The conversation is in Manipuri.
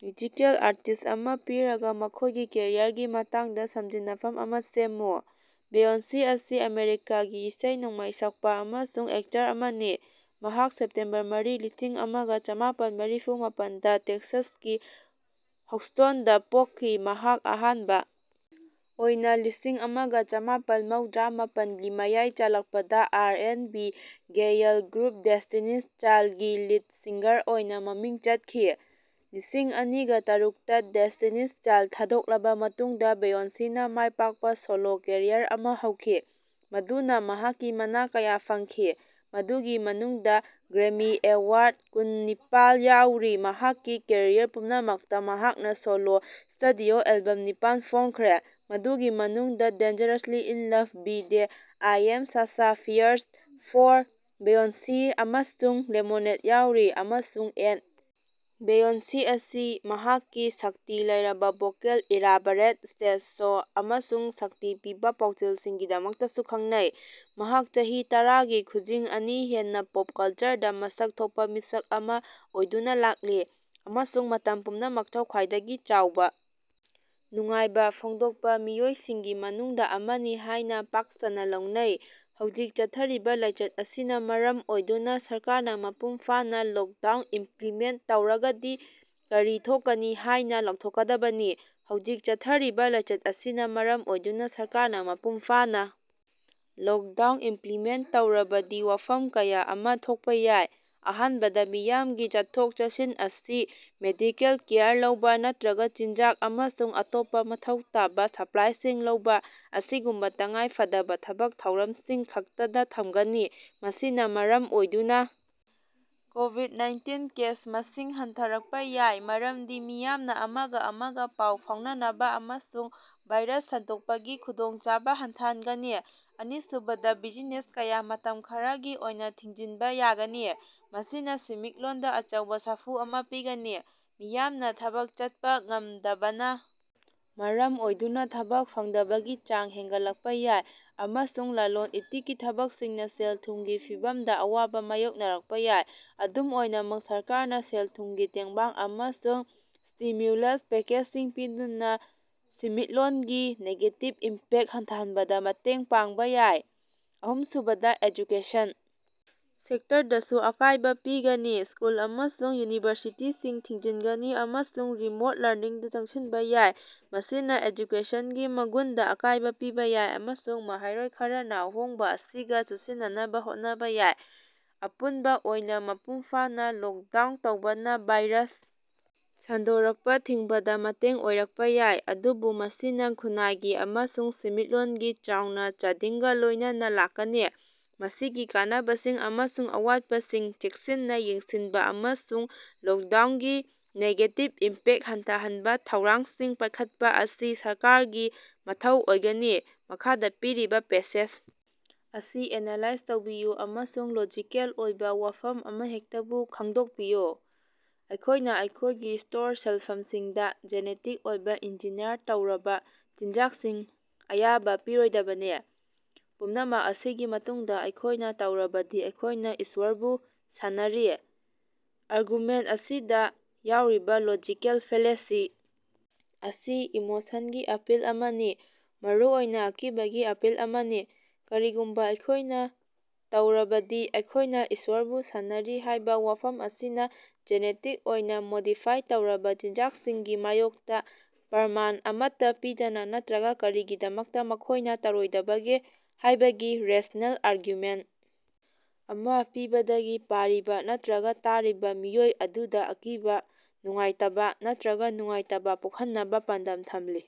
ꯃ꯭ꯌꯨꯖꯤꯀꯦꯜ ꯑꯥꯔꯇꯤꯁꯠ ꯑꯃ ꯄꯤꯔꯒ, ꯃꯈꯣꯏꯒꯤ ꯀꯦꯔꯤꯌꯔꯒꯤ ꯃꯇꯥꯡꯗ ꯁꯝꯖꯤꯟꯅꯐꯝ ꯑꯃ ꯁꯦꯝꯃꯨ꯫ ꯕꯦꯌꯣꯟꯁ ꯑꯁꯤ ꯑꯃꯦꯔꯤꯀꯥꯒꯤ ꯏꯁꯩ ꯅꯣꯡꯃꯥꯏ ꯁꯛꯄ ꯑꯃꯁꯨꯡ ꯑꯦꯛꯇꯔ ꯑꯃꯅꯤ, ꯃꯍꯥꯛ ꯁꯦꯞꯇꯦꯝꯕꯔ ꯃꯔꯤ, ꯂꯤꯁꯤꯡ ꯑꯃꯒ ꯆꯃꯥꯄꯟ ꯃꯔꯤꯐꯨ ꯃꯥꯄꯟ ꯗ ꯇꯦꯛꯁꯥꯁꯀꯤ ꯍꯧꯁ꯭ꯇꯣꯟꯗ ꯄꯣꯛꯈꯤ꯫ ꯃꯍꯥꯛ ꯑꯍꯥꯟꯕ ꯑꯣꯏꯅ ꯂꯤꯁꯤꯡ ꯑꯃꯒ ꯆꯃꯥꯄꯜ ꯃꯧꯗ꯭ꯔꯥ ꯃꯥꯄꯟ ꯒꯤ ꯃꯌꯥꯏ ꯆꯜꯂꯛꯄꯗ R and B girl group Destiny's ꯆꯥꯏꯜꯗꯀꯤ ꯂꯤꯗ ꯁꯤꯡꯒꯔ ꯑꯣꯏꯅꯥꯃꯃꯤꯡ ꯆꯠꯈꯤ꯫ ꯂꯤꯁꯤꯡ ꯑꯅꯤꯒ ꯇꯔꯨꯛ ꯇ ꯗꯦꯁ꯭ꯇꯤꯅꯤꯁ ꯆꯥꯏꯜꯗ ꯊꯥꯗꯣꯛꯂꯕ ꯃꯇꯨꯡꯗ ꯕꯦꯌꯣꯟꯁꯅ ꯃꯥꯏꯄꯥꯛꯄ ꯁꯣꯂꯣ ꯀꯦꯔꯤꯌꯔ ꯑꯃꯥ ꯍꯧꯈꯤ ꯃꯗꯨꯅ ꯃꯍꯥꯛꯀꯤ ꯃꯅꯥ ꯀꯌꯥ ꯐꯪꯈꯤ, ꯃꯗꯨꯒꯤ ꯃꯅꯨꯡꯗ ꯒ꯭ꯔꯦꯃꯤ ꯑꯦꯋꯥꯔꯗ ꯀꯨꯟꯅꯤꯄꯥꯜ ꯌꯥꯎꯔꯤ꯫ ꯃꯍꯥꯛꯀꯤ ꯀꯦꯔꯤꯌꯔ ꯄꯨꯝꯅꯃꯛꯇ ꯃꯍꯥꯛꯅ ꯁꯣꯂꯣ ꯁ꯭ꯇꯨꯗꯤꯑꯣ ꯑꯦꯂꯕꯝ ꯅꯤꯄꯥꯟ ꯐꯣꯡꯈ꯭ꯔꯦ, ꯃꯗꯨꯒꯤ ꯃꯅꯨꯡꯗ dangerously in love, B'Day, I am Sasha fierce, four, Beyonce, ꯑꯃꯁꯨꯡ ꯂꯦꯃꯣꯅꯦꯗ ꯌꯥꯎꯔꯤ ꯫ ꯑꯃꯁꯨꯡ ꯑꯦꯟ ꯕꯦꯌꯣꯟꯁꯤ ꯑꯁꯤ ꯃꯍꯥꯛꯀꯤ ꯁꯛꯇꯤ ꯂꯩꯔꯕ ꯚꯣꯀꯦꯜ, ꯏꯂꯥꯕꯔꯦꯠ ꯁ꯭ꯇꯦꯖ ꯁꯣ ꯑꯃꯁꯨꯡ ꯁꯛꯇꯤ ꯄꯤꯕ ꯄꯥꯎꯖꯦꯜꯁꯤꯡꯒꯤꯗꯃꯛꯇꯁꯨ ꯈꯪꯅꯩ꯫ ꯃꯍꯥꯛ ꯆꯍꯤ ꯇꯔꯥꯒꯤ ꯈꯨꯖꯤꯡ ꯑꯅꯤ ꯍꯦꯟꯅ ꯄꯣꯞ ꯀꯜꯆꯔꯗ ꯃꯁꯛ ꯊꯣꯛꯄ ꯃꯤꯁꯛ ꯑꯃ ꯑꯣꯏꯗꯨꯅ ꯂꯥꯛꯂꯤ ꯑꯃꯁꯨꯡ ꯃꯇꯝ ꯄꯨꯝꯅꯃꯛꯇ ꯈ꯭ꯋꯥꯏꯗꯒꯤ ꯆꯥꯎꯕ ꯅꯨꯡꯉꯥꯏꯕ ꯐꯣꯡꯗꯣꯛꯄ ꯃꯤꯑꯣꯏꯁꯤꯡꯒꯤ ꯃꯅꯨꯡꯗ ꯑꯃꯅꯤ ꯍꯥꯏꯅ ꯄꯥꯛꯁꯟꯅ ꯂꯧꯅꯩ꯫ ꯍꯧꯖꯤꯛ ꯆꯠꯊꯔꯤꯕ ꯂꯥꯏꯆꯠ ꯑꯁꯤꯅ ꯃꯔꯝ ꯑꯣꯏꯗꯨꯅ ꯁꯔꯀꯥꯔꯅ ꯃꯄꯨꯡ ꯐꯥꯅ ꯂꯣꯛꯗꯥꯎꯟ ꯏꯝꯄ꯭ꯂꯤꯃꯦꯟꯇ ꯇꯧꯔꯒꯗꯤ ꯀꯔꯤ ꯊꯣꯛꯀꯅꯤ ꯍꯥꯏꯅ ꯂꯥꯎꯊꯣꯛꯀꯗꯕꯅꯤ꯫ ꯍꯧꯖꯤꯛ ꯆꯠꯊꯔꯤꯕꯥ ꯂꯥꯏꯆꯠ ꯑꯁꯤꯅ ꯃꯔꯝ ꯑꯣꯏꯗꯨꯅ ꯁꯔꯀꯥꯔꯅ ꯃꯄꯨꯡ ꯐꯥꯅ ꯂꯣꯛꯗꯥꯎꯟ ꯏꯝꯄ꯭ꯂꯤꯃꯦꯟꯇ ꯇꯧꯔꯕꯗꯤ ꯋꯥꯐꯝ ꯀꯌꯥ ꯑꯃ ꯊꯣꯛꯄ ꯌꯥꯏ꯫ ꯑꯍꯥꯟꯕꯗ, ꯃꯤꯌꯥꯝꯒꯤ ꯆꯠꯊꯣꯛ-ꯆꯠꯁꯤꯟ ꯑꯁꯤ ꯃꯦꯗꯤꯀꯦꯜ ꯀꯦꯌꯔ ꯂꯧꯕ ꯅꯠꯇ꯭ꯔꯒ ꯆꯤꯟꯖꯥꯛ ꯑꯃꯁꯨꯡ ꯑꯇꯣꯞꯄ ꯃꯊꯧ ꯇꯥꯕ ꯁꯞꯄ꯭ꯂꯥꯏꯁꯤꯡ ꯂꯧꯕ ꯑꯁꯤꯒꯨꯝꯕ ꯇꯉꯥꯏ ꯐꯗꯕ ꯊꯕꯛ ꯊꯧꯔꯝꯁꯤꯡ ꯈꯛꯇꯗ ꯊꯝꯒꯅꯤ꯫ ꯃꯁꯤꯅ ꯃꯔꯝ ꯑꯣꯏꯗꯨꯅ ꯀꯣꯚꯤꯗ-ꯅꯥꯏꯟꯇꯤꯟ ꯀꯦꯁ ꯃꯁꯤꯡ ꯍꯟꯊꯔꯛꯄ ꯌꯥꯏ, ꯃꯔꯝꯗꯤ ꯃꯤꯌꯥꯝꯅ ꯑꯃꯒ-ꯑꯃꯒ ꯄꯥꯎ ꯐꯥꯎꯅꯅꯕ ꯑꯃꯁꯨꯡ ꯚꯥꯏꯔꯁ ꯁꯟꯗꯣꯛꯄꯒꯤ ꯈꯨꯗꯣꯡꯆꯥꯕ ꯍꯟꯊꯔꯒꯅꯤ꯫ ꯑꯅꯤꯁꯨꯕꯗ, ꯕꯤꯖꯤꯅꯦꯁ ꯀꯌꯥ ꯃꯇꯝ ꯈꯔꯒꯤ ꯑꯣꯏꯅ ꯊꯤꯡꯖꯤꯟꯕ ꯌꯥꯒꯅꯤ, ꯃꯁꯤꯅ ꯁꯦꯟꯃꯤꯠꯂꯣꯟꯗ ꯑꯆꯧꯕ ꯁꯥꯐꯨ ꯑꯃ ꯄꯤꯒꯅꯤ꯫ ꯃꯤꯌꯥꯝꯅ ꯊꯕꯛ ꯆꯠꯄ ꯉꯝꯗꯕꯅ ꯃꯔꯝ ꯑꯣꯏꯗꯨꯅ ꯊꯕꯛ ꯐꯪꯗꯕꯒꯤ ꯆꯥꯡ ꯍꯦꯟꯒꯠꯂꯛꯄ ꯌꯥꯏ, ꯑꯃꯁꯨꯡ ꯂꯂꯣꯟ-ꯏꯇꯤꯛꯀꯤ ꯊꯕꯛꯁꯤꯡꯅ ꯁꯦꯜ-ꯊꯨꯝꯒꯤ ꯐꯤꯚꯝꯗ ꯑꯋꯥꯕ ꯃꯥꯌꯣꯛꯅꯔꯛꯄ ꯌꯥꯏ꯫ ꯑꯗꯨꯝ ꯑꯣꯏꯅꯃꯛ ꯁꯔꯀꯥꯔꯅ ꯁꯦꯜ-ꯊꯨꯃꯒꯤ ꯇꯦꯡꯕꯥꯡ ꯑꯃꯁꯨꯡ ꯁ꯭ꯇꯤꯃ꯭ꯌꯨꯂꯁ ꯄꯦꯀꯦꯖꯁꯤꯡ ꯄꯤꯗꯨꯅ ꯁꯦꯟꯃꯤꯠꯂꯣꯟꯒꯤ ꯅꯦꯒꯦꯇꯤꯚ ꯏꯝꯄꯦꯛꯇ ꯍꯟꯊꯍꯟꯕꯗ ꯃꯇꯦꯡ ꯄꯥꯡꯕ ꯌꯥꯏ꯫ ꯑꯍꯨꯝꯁꯨꯕꯗ ꯑꯦꯖꯨꯀꯦꯁꯟ ꯁꯦꯛꯇꯔꯗꯁꯨ ꯑꯀꯥꯏꯕ ꯄꯤꯒꯅꯤ, ꯁ꯭ꯀꯨꯜ ꯑꯃꯁꯨꯡ ꯌꯨꯅꯤꯚꯔꯁꯤꯇꯤꯁꯤꯡ ꯊꯤꯡꯖꯤꯟꯒꯅꯤ ꯑꯃꯁꯨꯡ ꯔꯤꯃꯣꯠ ꯂꯔꯅꯤꯡꯗ ꯆꯪꯁꯤꯟꯕ ꯌꯥꯏ꯫ ꯃꯁꯤꯅ ꯑꯦꯖꯨꯀꯦꯁꯟꯒꯤ ꯃꯒꯨꯟꯗ ꯑꯀꯥꯏꯕ ꯄꯤꯕ ꯌꯥꯏ, ꯑꯃꯁꯨꯡ ꯃꯍꯩꯔꯣꯏ ꯈꯔꯅ ꯑꯍꯣꯡꯕ ꯑꯁꯤꯒ ꯆꯨꯁꯤꯟꯅꯅꯕ ꯍꯣꯠꯅꯕ ꯌꯥꯏ꯫ ꯑꯄꯨꯟꯕ ꯑꯣꯏꯅ ꯃꯄꯨꯡ ꯐꯥꯅ ꯂꯣꯛꯗꯥꯎꯟ ꯇꯧꯕꯅ ꯚꯥꯏꯔꯁ ꯁꯟꯗꯣꯔꯛꯄ ꯊꯤꯡꯕꯗ ꯃꯇꯦꯡ ꯑꯣꯏꯔꯛꯄ ꯌꯥꯏ, ꯑꯗꯨꯕꯨ ꯃꯁꯤꯅ ꯈꯨꯟꯅꯥꯏꯒꯤ ꯑꯃꯁꯨꯡ ꯁꯦꯟꯃꯤꯠꯂꯣꯟꯒꯤ ꯆꯥꯎꯅ ꯆꯥꯗꯤꯡꯒ ꯂꯣꯏꯅꯅ ꯂꯥꯛꯀꯅꯤ꯫ ꯃꯁꯤꯒꯤ ꯀꯥꯟꯅꯕꯁꯤꯡ ꯑꯃꯁꯨꯡ ꯑꯋꯥꯠꯄꯁꯤꯡ ꯆꯦꯛꯁꯤꯟꯅ ꯌꯦꯡꯁꯤꯟꯕ ꯑꯃꯁꯨꯡ ꯂꯣꯛꯗꯥꯎꯅꯒꯤ ꯅꯦꯒꯦꯇꯤꯚ ꯏꯝꯄꯦꯛꯇ ꯍꯟꯊꯍꯟꯅꯕꯥꯊꯧꯔꯥꯡꯁꯤꯡ ꯄꯥꯏꯈꯠꯄ ꯑꯁꯤ ꯁꯔꯀꯥꯔꯒꯤ ꯃꯊꯧ ꯑꯣꯏꯒꯅꯤ꯫ ꯃꯈꯥꯗ ꯄꯤꯔꯤꯕ ꯄꯦꯁꯦꯖ ꯑꯁꯤ ꯑꯦꯅꯂꯥꯏꯖ ꯇꯧꯕꯤꯌꯨ ꯑꯃꯁꯨꯡ ꯂꯣꯖꯤꯀꯦꯜ ꯑꯣꯏꯕ ꯋꯥꯐꯝ ꯑꯃꯍꯦꯛꯇꯕꯨ ꯈꯪꯗꯣꯛꯄꯤꯌꯨ꯫ ꯑꯩꯈꯣꯏꯅ ꯑꯩꯈꯣꯏꯒꯤ ꯁ꯭ꯇꯣꯔ ꯁꯦꯜꯐꯝꯁꯤꯡꯗ ꯖꯤꯅꯦꯇꯤꯛ ꯑꯣꯏꯅ ꯏꯟꯖꯤꯅꯤꯌꯔ ꯇꯧꯔꯕ ꯆꯤꯟꯖꯥꯛꯁꯤꯡ ꯑꯌꯥꯕ ꯄꯤꯔꯣꯏꯗꯕꯅꯤ꯫ ꯄꯨꯝꯅꯃꯛ ꯑꯁꯤꯒꯤ ꯃꯇꯨꯡꯗ ꯑꯩꯈꯣꯏꯅ ꯇꯧꯔꯕꯗꯤ ꯑꯩꯈꯣꯏꯅ ꯏꯁ꯭ꯋꯔꯕꯨ ꯁꯥꯟꯅꯔꯤ꯫ ꯑꯥꯔꯒꯨꯃꯦꯟꯇ ꯑꯁꯤꯗ ꯌꯥꯎꯔꯤꯕ ꯂꯣꯖꯤꯀꯦꯜ ꯐꯦꯂꯦꯁꯤ ꯑꯁꯤ ꯏꯃꯣꯁꯟꯒꯤ ꯑꯄꯤꯜ ꯑꯃꯅꯤ, ꯃꯔꯨꯑꯣꯏꯅ ꯑꯀꯤꯕꯒꯤ ꯑꯄꯤꯜ ꯑꯃꯅꯤ꯫ ꯀꯔꯤꯒꯨꯝꯕ ꯑꯩꯈꯣꯏꯅ ꯇꯧꯔꯕꯗꯤ ꯑꯩꯈꯣꯏꯅ ꯏꯁ꯭ꯋꯔꯕꯨ ꯁꯥꯟꯅꯔꯤ ꯍꯥꯏꯕ ꯋꯥꯐꯝ ꯑꯁꯤꯅ ꯖꯤꯅꯦꯇꯤꯛ ꯑꯣꯏꯅ ꯃꯣꯗꯤꯐꯥꯏꯗ ꯇꯧꯔꯕ ꯆꯤꯟꯖꯥꯛꯁꯤꯡꯒꯤ ꯃꯥꯌꯣꯛꯇ ꯄ꯭ꯔꯃꯥꯟ ꯑꯃꯠꯇ ꯄꯤꯗꯅ ꯅꯠꯇ꯭ꯔꯒ ꯀꯔꯤꯒꯤꯗꯃꯛꯇ ꯃꯈꯣꯏꯅ ꯇꯧꯔꯣꯏꯗꯒꯦ ꯍꯥꯏꯕꯒꯤ ꯔꯦꯁꯅꯦꯜ ꯑꯥꯔꯒꯨꯃꯦꯟꯇ ꯑꯃ ꯄꯤꯕꯗꯒꯤ ꯄꯥꯔꯤꯕ ꯅꯠꯇ꯭ꯔꯒ ꯇꯥꯔꯤꯕ ꯃꯤꯑꯣꯏ ꯑꯗꯨꯗ ꯑꯀꯤꯕ, ꯅꯨꯡꯉꯥꯏꯇꯕ ꯅꯠꯇ꯭ꯔꯒ ꯅꯨꯡꯉꯥꯏꯇꯕ ꯄꯣꯛꯍꯟꯅꯕ ꯄꯥꯟꯗꯝ ꯊꯝꯂꯤ꯫